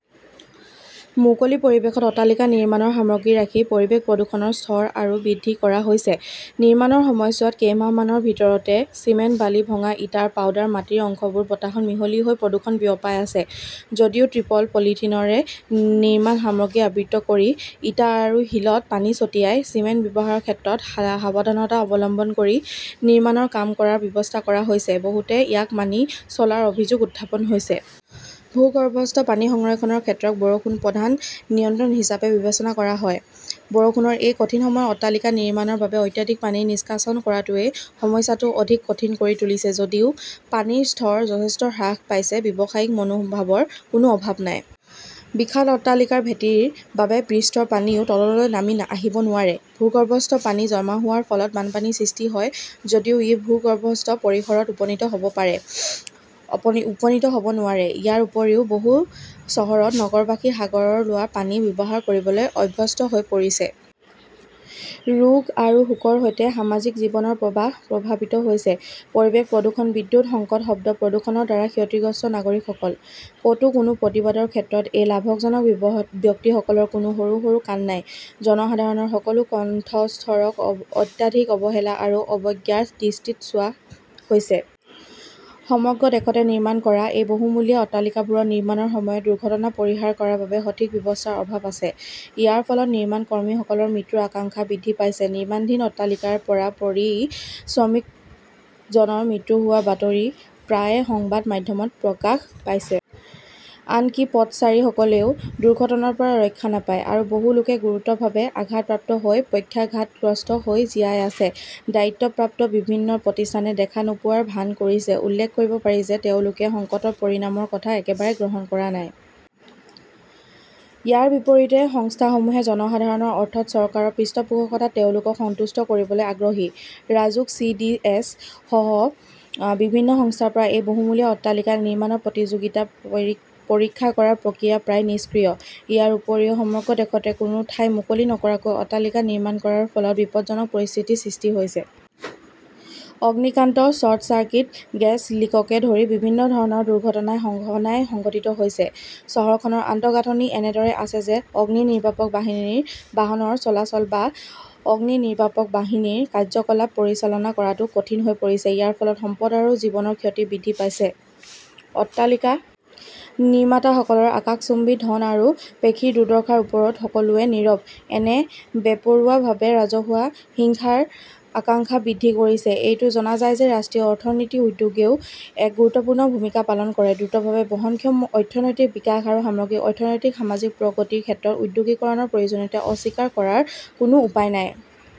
মুকলি পৰিৱেশত অট্টালিকা নিৰ্মাণৰ সামগ্ৰী ৰাখি পৰিৱেশ প্ৰদূষণৰ স্তৰ আৰু বৃদ্ধি কৰা হৈছে। নিৰ্মাণৰ সময়ছোৱাত কেইমাহমানৰ ভিতৰতে চিমেণ্ট-বালি-ভঙা ইটাৰ পাউডাৰ-মাটিৰ অংশবোৰ বতাহত মিহলি হৈ প্ৰদূষণ বিয়পাই আছে। যদিও ত্ৰিপল-পলিথিনৰে নিৰ্মাণ সামগ্ৰী আবৃত কৰি ইটা আৰু শিলত পানী ছটিয়াই চিমেণ্ট ব্যৱহাৰৰ ক্ষেত্ৰত সাৱধানতা অৱলম্বন কৰি নিৰ্মাণৰ কাম কৰাৰ ব্যৱস্থা কৰা হৈছে। বহুতে ইয়াক মানি চলাৰ অভিযোগ উত্থাপন হৈছে। ভূগৰ্ভস্থ পানী সংৰক্ষণৰ ক্ষেত্ৰত বৰষুণ প্ৰধান নিয়ন্ত্ৰক হিচাপে বিবেচনা কৰা হয়। বৰষুণৰ এই কঠিন সময়ত অট্টালিকা নিৰ্মাণৰ বাবে অত্যাধিক পানী নিষ্কাশন কৰাটোৱে সমস্যাটো অধিক কঠিন কৰি তুলিছে। যদিও পানীৰ স্তৰ যথেষ্ট হ্ৰাস পাইছে। ব্যৱসায়িক মনোভাৱৰ কোনো অভাৱ নাই। বিশাল অট্টালিকাৰ ভেটিৰ বাবে পৃষ্ঠৰ পানীও তললৈ নামি আহিব নোৱাৰে। ভূগৰ্ভস্থ পানী জমা হোৱাৰ ফলত বানপানীৰ সৃষ্টি হয় যদিও ই ভূগৰ্ভস্থ পৰিসৰত উপনীত হ'ব নোৱাৰে। ইয়াৰ উপৰিও বহু চহৰত নগৰবাসী সাগৰৰ লোৱা পানী ব্যৱহাৰ কৰিবলৈ অভ্যস্ত হৈ পৰিছে। ৰোগ আৰু শোকৰ সৈতে সামাজিক জীৱনৰ প্ৰবাহ প্ৰভাৱিত হৈছে। পৰিৱেশ প্ৰদূষণ, বিদ্যুৎ সংকট, শব্দ প্ৰদূষণৰ দ্বাৰা ক্ষতিগ্ৰস্ত নাগৰিকসকল। ক'তো কোনো প্ৰতিবাদৰ ক্ষেত্ৰত এই লাভজনক ব্যক্তিসকলৰ কোনো সৰু সৰু কাণ নাই। জনসাধাৰণৰ সকলো কণ্ঠস্বৰক অত্যাধিক অৱহেলা আৰু অৱজ্ঞাৰ দৃষ্টিত চোৱা হৈছে। সমগ্ৰ দেশতে নিৰ্মাণ কৰা এই বহুমহলীয়া অট্টালিকাবোৰত নিৰ্মাণৰ সময়ত দুৰ্ঘটনা পৰিহাৰ কৰাৰ বাবে সঠিক ব্যৱস্থাৰ অভাৱ আছে। ইয়াৰ ফলত নিৰ্মাণ কৰ্মীসকলৰ মৃত্যুৰ আশংকা বৃদ্ধি পাইছে। নিৰ্মাণধীন অট্টালিকাৰ পৰা পৰি শ্ৰমিকজনৰ মৃত্যু হোৱাৰ বাতৰি প্ৰায়ে সংবাদ মাধ্যমত প্ৰকাশ পাইছে। আনকি পথচাৰীসকলেও দুৰ্ঘটনাৰ পৰা ৰক্ষা নাপায়। আৰু বহু লোক গুৰুতৰভাৱে আঘাতপ্ৰাপ্ত হৈ পক্ষাঘাতগ্ৰস্ত হৈ জীয়াই আছে। দায়িত্বপ্ৰাপ্ত বিভিন্ন প্ৰতিষ্ঠানে দেখা নোপোৱাৰ ভান কৰিছে। উল্লেখ কৰিব পাৰি যে তেওঁলোকে সংকটৰ পৰিণামৰ কথা একেবাৰে গ্ৰহণ কৰা নাই। ইয়াৰ বিপৰীতে সংস্থাসমূহে জনসাধাৰণৰ অৰ্থত চৰকাৰৰ পৃষ্ঠপোষকতাত তেওঁলোকক সন্তুষ্ট কৰিবলৈ আগ্ৰহী। ৰাজুক-চি. ডি. এছ. সহ বিভিন্ন সংস্থাৰ পৰা এই বহুমহলীয়া অট্টালিকা নিৰ্মাণৰ উপযোগিতা পৰীক্ষা কৰাৰ প্ৰক্ৰিয়া প্ৰায় নিষ্ক্ৰিয়। ইয়াৰ উপৰিও সমগ্ৰ দেশতে কোনো ঠাই মুকলি নকৰাকৈ অট্টালিকা নিৰ্মাণ কৰাৰ ফলত বিপদজনক পৰিস্থিতিৰ সৃষ্টি হৈছে। অগ্নিকাণ্ড, শ্বৰ্ট চাৰ্কিট, গেছ লিককে ধৰি বিভিন্ন ধৰণৰ দুৰ্ঘটনা সঘনাই সংঘটিত হৈছে। চহৰখনৰ আন্তঃগাঁথনি এনেদৰে আছে যে অগ্নিনিৰ্বাপক বাহিনীৰ বাহনৰ চলাচল বা অগ্নিনিৰ্বাপক বাহিনীৰ কাৰ্য্যকলাপ পৰিচালনা কৰাটো কঠিন হৈ পৰিছে। ইয়াৰ ফলত সম্পদ আৰু জীৱনৰ ক্ষতি বৃদ্ধি পাইছে। অট্টালিকা নিৰ্মাতাসকলৰ আকাশচুম্বী ধন আৰু পেশীৰ দুৰ্দশাৰ ওপৰত সকলোৱে নীৰৱ। এনে বেপৰোৱাভাৱে ৰাজহুৱা হিংসাৰ আকাংশা বৃদ্ধি কৰিছে। এইটো জনা যায় যে ৰাষ্ট্ৰীয় অৰ্থনীতিত উদ্যোগটোৱে এক গুৰুত্বপূৰ্ণ ভূমিকা পালন কৰে। দ্ৰুতভাৱে বহনক্ষম অৰ্থনৈতিক বিকাশ আৰু সামগ্ৰিক অৰ্থনৈতিক-সামাজিক প্ৰগতিৰ ক্ষেত্ৰত ঔদ্যোগিকৰণৰ প্ৰয়োজনীয়তা অস্বীকাৰ কৰাৰ কোনো উপায় নাই।